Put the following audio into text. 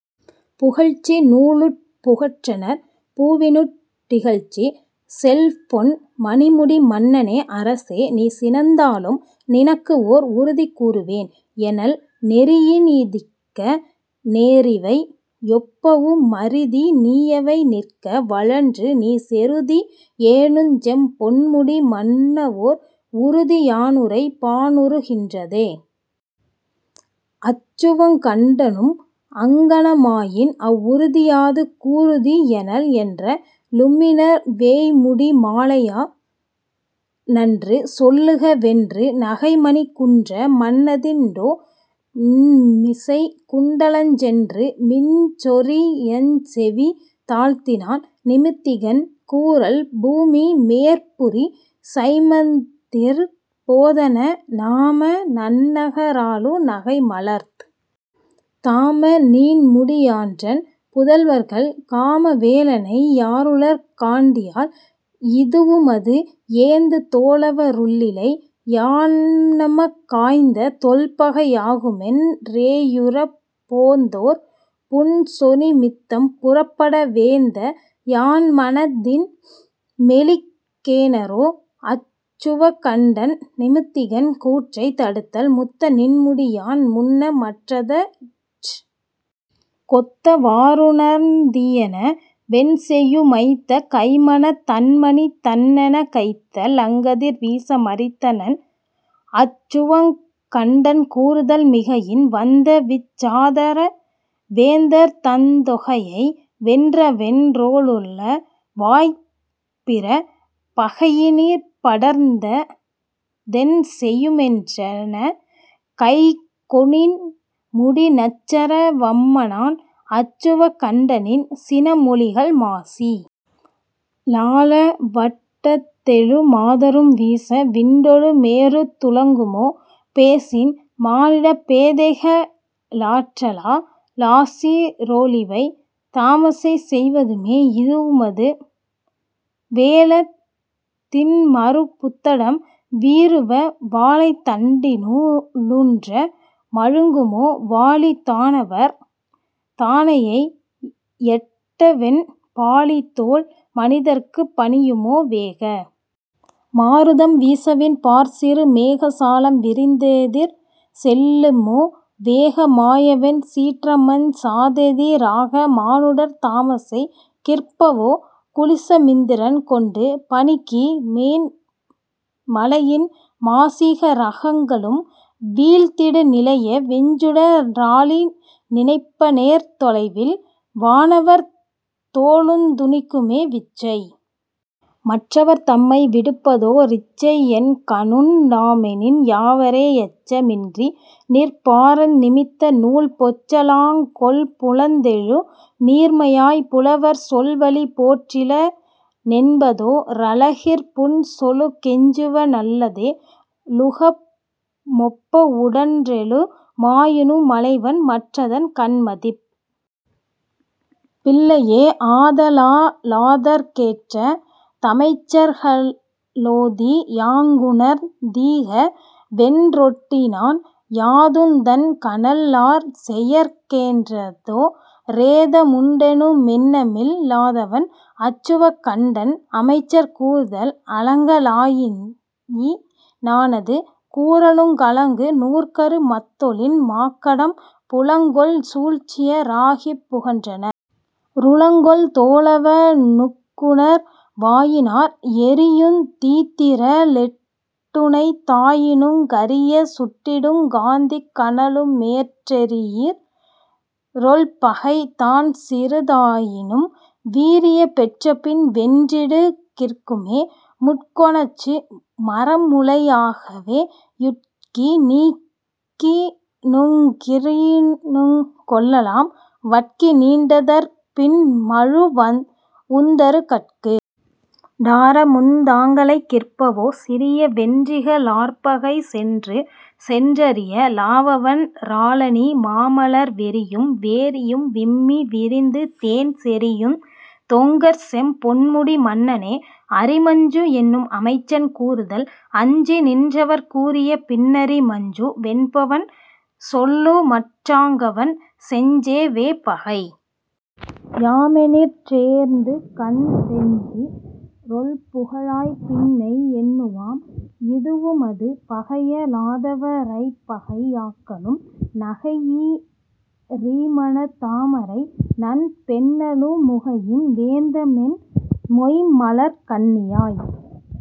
புகழ்ச்சி நூலுட் புகன்றனர் பூவினுட் டிகழ்ச்சி செல்பொன் மணிமுடி மன்னனே அரசே! நீ சினந்தாலும் நினக்கு ஓர் உறுதி கூறுவேன் எனல் நெறியி னீதிக்க னேரிவை யொப்பவு மறிதி நீயவை நிற்க வழன்று நீ செறுதி யேனுஞ்செம் பொன்முடி மன்னவோர் உறுதி யானுரைப் பானுறு கின்றதே அச்சுவக்கண்டனும் அங்ஙனமாயின் அவ்வுறுதி யாது கூறுதி எனல் என்ற லும்மிணர் வேய்முடி மாலையா னன்று சொல்லுக வென்று நகைமணிக் குன்ற மன்னதிண் டோ ண்மிசைக் குண்டலஞ் சென்று மின்சொரி யச்செவி தாழ்த்தினான் நிமித்திகன் கூறல் பூமி மேற்புரி சைம்மதிற் போதன நாம நன்னக ராளு நகைமலர்த் தாம நீண்முடி யான்றன் புதல்வர்கள் காம வேளனை யாருளர் காண்டியால் இதுவுமது ஏந்து தோளவ ருள்ளிளை யானமக் காய்ந்த தொல்பகை யாகுமென் றேயுறப் போந்தொர் புன்சொ னிமித்தம் புறப்பட வேந்த யான்மனத் தின்மெலி கேனரோ அச்சுவக்கண்டன் நிமித்திகன் கூற்றைத் தடுத்தல் முத்த நிண்முடி யான்மூன்ன மற்றதற் கொத்த வாறுணர்ந் தீயென வென்செயு மைத்த கைமனத் தன்மணித் தன்னெனக் கைத்த லங்கதிர் வீச மறித்தனன் அச்சுவக்கண்டன் கூறுதல் மிகையின் வந்தவிச் சாதர வேந்தர்தந் தொகையை வென்றவென் றோளுள வாப்பிற பகையி னிப்படர்ந் தென்செயு மென்றன னகைகொ ணீண்முடி நச்சர வம்மனான் அச்சுவக்கண்டனின் சினமொழிகள் மாசி லாலவட் டத்தெழு மாதரும் வீச விண்டொடு மேருத் துளங்குமோ பேசின் மானிடப் பேதைக ளாற்றலா லாசி றோளிவை தாமசை வெய்துமோ இதுவுமது வேழத் தின்மருப் புத்தடம் வீறுவ வாழைத் தண்டினு ளூன்ற மழுங்குமோ வாழித் தானவர் தானையை யட்டவென் பாழித் தோள்மனித் தர்க்குப் பணியுமோ வேக மாருதம் வீசவிண் பாற்சிறு மேக சாலம் விரிந்தெதிர் செல்லுமோ வேக மாயவென் சீற்றமஞ் சாதெதி ராக மானுடர் தாமசை கிற்பவோ குலிச மிந்திரன் கொண்டு பணிக்கு மேன் மலையின் மாசிக ரங்களும் வீழ்த்திடு நிலைய வெஞ்சுட ராழி நினைப்பனேற் றொலைவில் வானவர் தோளுந் துணிக்குமே விச்சை மற்றவர் தம்மை விடுப்பதோ ரிச்சை யென்கணுண் டாமெனின் யாவரே யச்ச மின்றி நிற் பாரந் நிமித்த நூல் பொச்ச லாங்கொல் புலந் தெழு நீர்மையாய் புலவர் சொல்வழி போற்றில னென்பதோ ரலகிற் புன்சொலுக் கெஞ்சுவ னல்லதே லுலக மொப்ப வுடன்றெழு மாயினு மலைவன் மற்றதன் கண்மதிப் பில்லையே ஆத லாலாதற் கேற்ற தமைச்சர்க ளோதி யாங்குணர்ந் தீகவென் றொட்டினான் யாதுந் தன்கணல் லார்செயற் கேன்றதோ ரேத முண்டெனு மெண்ணமில் லாதவன் அச்சுவக் கண்டன் அமைச்சர் கூறுதல் அலங்க லாழியி னானது கூறலுங் கலங்கு நூற்கரு மத்தொழின் மாக்கடம் புலங்கொள் சூழ்ச்சிய ராகிப் புகன்றன ருலங்கொள் தோளவ னுக்குணர் வாயினார் எரியுந் தீத்திர ளெட்டுணைத் தாயினுங் கரியச் சுட்டிடுங் காந்திக் கனலுமேற் றெரியிற் றொல்பகை தான்சிறி தாயினும் விரியப் பெற்றபின் வென்றிடு கிற்குமே முட்கொணச்சு மரமுளை யாகவே யுட்கி நீக்கி னுகிரினுங் கொல்லலாம் வட்கி நீண்டதற் பின் மழு வுந்தறு கட்கு டாரமுந் தாங்களை கிற்பவோ சிறிய வென்றிக ழார்பகை சென்றுசென் றறிய லாவவன் றாலணி மாமலர் வெறியும் வேரியும் விம்மி விரிந்துதேன் செறியுந் தொங்கற்செம் பொன்முடி மன்னனே அரிமஞ்சு என்னும் அமைச்சன் கூறுதல் அஞ்சி நின்றவர் கூறிய பின்னரி மஞ்சு வென்பவன் சொல்லுமற் றாங்கவன் செஞ்செ வேபகை யாமெனிற் றேர்ந்துகண் டெஞ்சி றொல்புக ழாய்பின்னை யெண்ணுவாம் இதுவுமது பகைய லாதவ ரைப்பகை யாக்கலும் நகையி றீமனத் தாமரை நண் பெண்ணலு முகையின் வேய்ந்தமென் மொய்ம்மலர்க் கண்ணியாய்